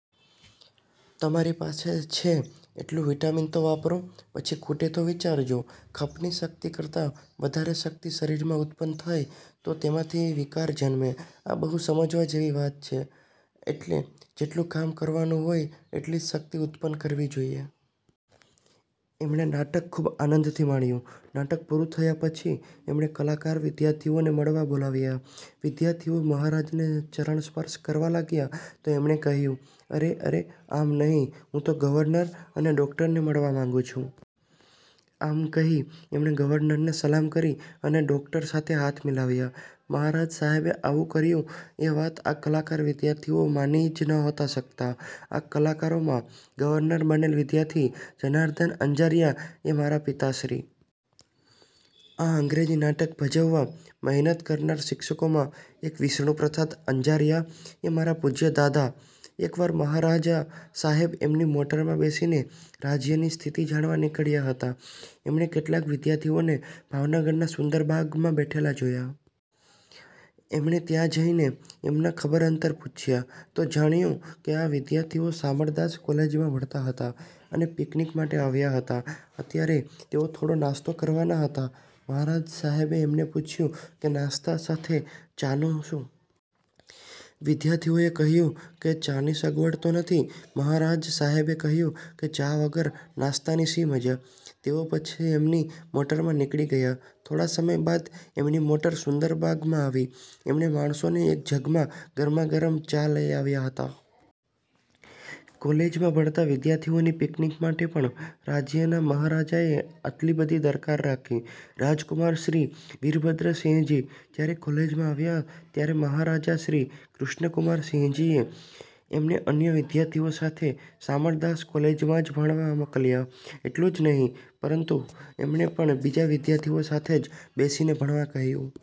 ' 'તમારી પાસે છે એટલું વિટામિન તો વાપરો! – પછી ખૂટે તો વિચારજો. ' ખપની શક્તિ કરતાં વધારે શક્તિ શરીરમાં ઉત્પન્ન થાય તો તેમાંથી વિકાર જન્મે. આ બહુ સમજવા જેવી વાત છે. એટલે જેટલું કામ કરવાનું હોય એટલી જ શક્તિ ઉત્પન્ન કરવી જોઈએ. એમણે નાટક ખુબ આનંદથી માણ્યું. નાટક પૂરું થયા પછી એમણે કલાકાર વિદ્યાર્થીઓને મળવા બોલાવ્યા. વિદ્યાર્થીઓ મહારાજાના ચરણ સ્પર્શ કરવા લાગ્યા તો એમણે કહ્યું, "અરે અરે આમ નહિ. હું તો ગવર્નરને અને ડોક્ટરને મળવા માગું છું. " આમ કહી એમણે ગવર્નરને સલામ કરી અને ડોક્ટર સાથે હાથ મિલાવ્યા. મહારાજા સાહેબે આવું કર્યું એ વાત આ કલાકાર વિદ્યાર્થીઓ માની જ નહોતા શકતા. આ કલાકારોમાં ગવર્નર બનેલ વિદ્યાર્થી જનાર્દન અંજારિયા એ મારા પિતાશ્રી! આ અંગ્રેજી નાટક ભજવવા મહેનત કરનાર શિક્ષકોમાં એક વિષ્ણુપ્રસાદ અંજારિયા એ મારા પૂજ્ય દાદા! એક વાર મહારાજા સાહેબ એમની મોટરમાં બેસીને રાજ્યની સ્થિતિ જાણવા નીકળ્યા હતા. એમણે કેટલાક વિદ્યાર્થીઓને ભાવનગરના સુંદરબાગમાં બેઠેલા જોયા. એમણે ત્યાં જઈને એમના ખબર અંતર પૂછ્યા તો જાણ્યું કે આ વિદ્યાર્થીઓ શામળદાસ કોલેજમાં ભણતા હતા અને પીકનીક માટે આવ્યા હતા. અત્યારે તેઓ થોડો નાસ્તો કરવાના હતા. મહારાજા સાહેબે એમને પૂછ્યું કે નાસ્તા સાથે ચાનું શું? વિદ્યાર્થીઓએ કહ્યું કે ચાની સગવડ તો નથી. મહારાજ સાહેબે કહ્યું કે, "ચા વગર નાસ્તાની શી મજા? " તેઓ પછી એમની મોટરમાં નીકળી ગયા. થોડા સમય બાદ એમની મોટર સુંદરબાગમાં આવી. એમના માણસો એક જગમાં ગરમા ગરમ ચા લઇ આવ્યા હતા! કોલેજમાં ભણતા વિદ્યાર્થીઓની પીકનીક માટે પણ રાજ્યના મહારાજાએ આટલી બધી દરકાર રાખી! રાજકુમાર શ્રી. વીરભદ્રસિંહજી જયારે કોલેજમાં આવ્યા ત્યારે મહારાજા શ્રી. કૃષ્ણકુમારસિંહજીએ એમને અન્ય વિદ્યાર્થીઓ સાથે શામળદાસ કોલેજમાં જ ભણવા મોકલ્યા. એટલું જ નહિ પરંતુ એમને પણ બીજા વિદ્યાર્થીઓ સાથે જ બેસીને ભણવા કહ્યું.